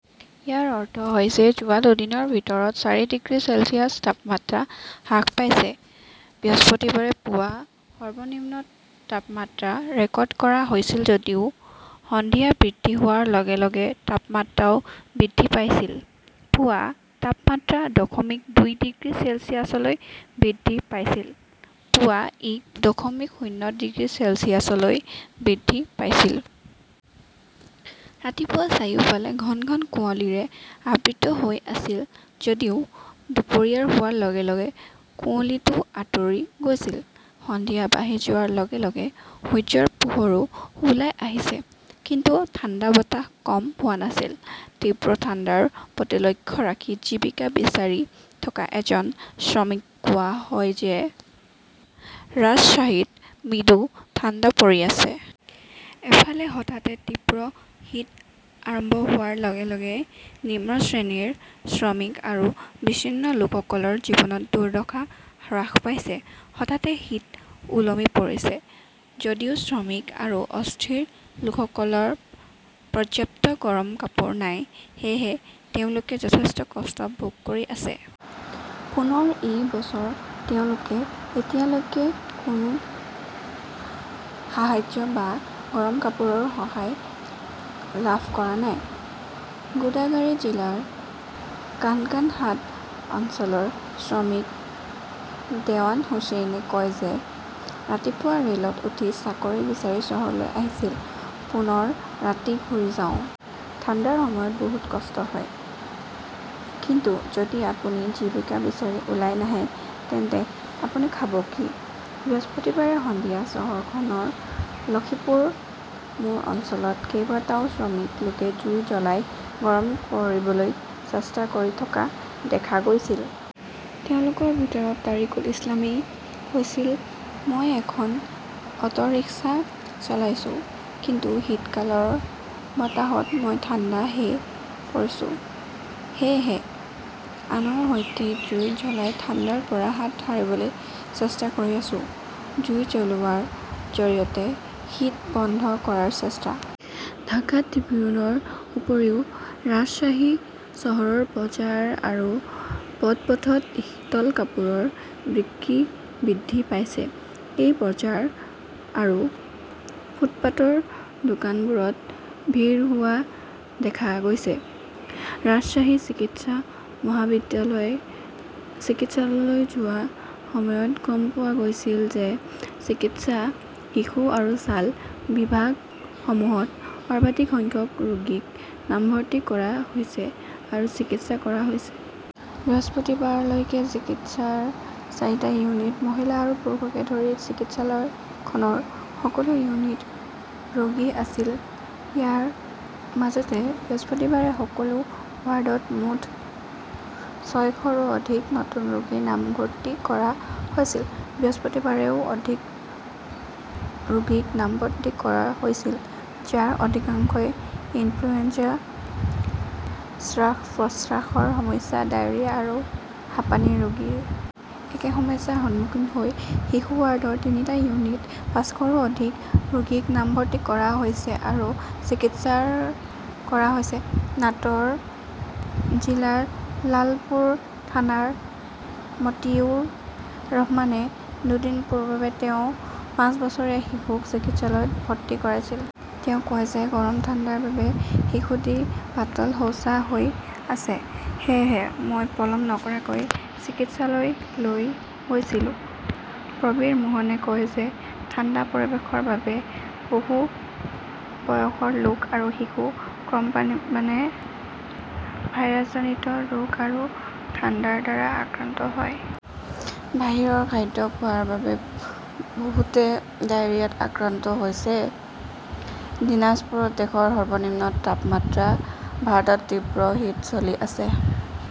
ইয়াৰ অৰ্থ হৈছে যোৱা দুদিনৰ ভিতৰত চাৰি ডিগ্ৰী চেলছিয়াছ তাপমাত্ৰা হ্ৰাস পাইছে। বৃহস্পতিবাৰে ৰাতিপুৱা সৰ্বনিম্ন তাপমাত্ৰা ৰেকৰ্ড কৰা হৈছিল যদিও সন্ধিয়া বৃদ্ধি হোৱাৰ লগে লগে তাপমাত্ৰাও বৃদ্ধি পাইছিল। পুৱা তাপমাত্ৰা দশমিক দুই ডিগ্ৰী চেলছিয়াছলৈ বৃদ্ধি পাইছিল, পুৱা ই দশমিক শূন্য ডিগ্ৰী চেলছিয়াছলৈ বৃদ্ধি পাইছিল। ৰাতিপুৱা চাৰিওফালে ঘন ঘন কুঁৱলীৰে আবৃত হৈ আছিল যদিও দুপৰীয়া হোৱাৰ লগে লগে কুঁৱলীটো আঁতৰি গৈছিল। সন্ধিয়া বাঢ়ি যোৱাৰ লগে লগে সূৰ্যৰ পোহৰো ওলাই আহিছে। কিন্তু ঠাণ্ডা বতাহ কম হোৱা নাছিল। তীব্ৰ ঠাণ্ডাৰ প্ৰতি লক্ষ্য ৰাখি জীৱিকা বিচাৰি থকা এজন শ্ৰমিক কোৱা হয় যে ৰাজশ্বাহীত মৃদু ঠাণ্ডা পৰি আছে। ইফালে, হঠাতে তীব্ৰ শীত আৰম্ভ হোৱাৰ লগে লগে নিম্ন শ্ৰেণীৰ শ্ৰমিক আৰু বিচ্ছিন্ন লোকসকলৰ জীৱনত দুৰ্দশা হ্ৰাস পাইছে। হঠাতে শীত ওলমি পৰিছে যদিও শ্ৰমিক আৰু অস্থিৰ লোকসকলৰ পৰ্যাপ্ত গৰম কাপোৰ নাই। সেয়েহে তেওঁলোকে যথেষ্ট কষ্ট ভোগ কৰি আছে। পুনৰ এই বছৰ তেওঁলোকে এতিয়ালৈকে কোনো সাহাৰ্য বা গৰম কাপোৰৰ সহায় লাভ কৰা নাই। গোদাগাৰী জিলাৰ কানকানহাট অঞ্চলৰ শ্ৰমিক দেৱান হুচেইনে কয় যে, ৰাতিপুৱা ৰে'লত উঠি চাকৰি বিচাৰি চহৰলৈ আহিছিল। পুনৰ ৰাতি ঘূৰি যাওঁ। ঠাণ্ডাৰ সময়ত বহুত কষ্ট হয়। কিন্তু যদি আপুনি জীৱিকা বিচাৰি ওলাই নাহে তেন্তে আপুনি খাব কি? বৃহস্পতিবাৰে সন্ধিয়া চহৰখনৰ লক্ষিপুৰ মোৰ অঞ্চলত কেইবাটাও শ্ৰমিক লোকে জুই জ্বলাই গৰম কৰিবলৈ চেষ্টা কৰি থকা দেখা গৈছিল। তেওঁলোকৰ ভিতৰত তাৰিকুল ইছলামই কৈছিল, মই এখন অটৰিক্সা চলাইছোঁ। কিন্তু শীতকালৰ বতাহত মই ঠাণ্ডা হৈ পৰিছোঁ। সেয়েহে আনৰ সৈতে জুই জ্বলাই ঠাণ্ডাৰ পৰা হাত সাৰিবলৈ চেষ্টা কৰি আছোঁ। জুই জ্বলোৱাৰ জৰিয়তে শীত বন্ধ কৰাৰ চেষ্টা। ঢাকা ট্ৰিবিউনৰ উপৰিও ৰাজশ্বাহী চহৰৰ বজাৰ আৰু পদপথত শীতল কাপোৰৰ বিক্ৰী বৃদ্ধি পাইছে। এই বজাৰ আৰু ফুটপাতৰ দোকানবোৰত ভিৰ হোৱা দেখা গৈছে। ৰাজশ্বাহী চিকিৎসা মহাবিদ্যালয় চিকিৎসালয়লৈ যোৱাৰ সময়ত গম পোৱা গৈছিল যে চিকিৎসা, শিশু আৰু ছাল বিভাগসমূহত সৰ্বাধিক সংখ্যক ৰোগীক নামভৰ্তি কৰা হৈছে আৰু চিকিৎসা কৰা হৈছে। বৃহস্পতিবাৰলৈকে চিকিৎসাৰ চাৰিটা ইউনিটত মহিলা আৰু পুৰুষকে ধৰি চিকিৎসালয়খনৰ সকলো ইউনিটত ৰোগী আছিল। ইয়াৰ মাজতে বৃহস্পতিবাৰে সকলো ৱাৰ্ডত মুঠ ছয়শৰো অধিক নতুন ৰোগীৰ নামভৰ্তি কৰা হৈছিল। বৃহস্পতিবাৰেও অধিক ৰোগীক নামভৰ্তি কৰা হৈছিল, যাৰ অধিকাংশই ইনফ্লুৱেঞ্জা, শ্বাস-প্ৰশ্বাসৰ সমস্যা, ডায়েৰিয়া আৰু হাঁপানিৰ ৰোগী। একে সমস্যাৰ সন্মুখীন হৈ শিশু ৱাৰ্ডৰ তিনিটা ইউনিটত পাঁচশৰো অধিক ৰোগীক নামভৰ্তি কৰা হৈছে আৰু চিকিৎসা কৰা হৈছে। নাট 'ৰ জিলাৰ লালপুৰ থানাৰ মতিউৰ ৰহমানে দুদিন পূৰ্বে তেওঁৰ পাঁচ বছৰীয়া শিশুক চিকিৎসালয়ত ভৰ্তি কৰাইছিল। তেওঁ কয় যে, গৰম ঠাণ্ডাৰ বাবে শিশুটি পাতল শৌচা হৈ আছে। সেয়েহে মই পলম নকৰাকৈ চিকিৎসালয়লৈ লৈ গৈছিলোঁ। প্ৰবীৰ মোহনে কয় যে, ঠাণ্ডা পৰিৱেশৰ বাবে বহু বয়সৰ লোক আৰু শিশু কম পৰিমাণে ভাইৰাছজনিত ৰোগ আৰু ঠাণ্ডাৰ দ্বাৰা আক্ৰান্ত হয়। বাহিৰৰ খাদ্য খোৱাৰ বাবে বহুতে ডায়েৰিয়াত আক্ৰান্ত হৈছে। দিনাজপুৰত দেশৰ সৰ্বনিম্ন তাপমাত্ৰা ভাৰতত তীব্ৰ শীত চলি আছে।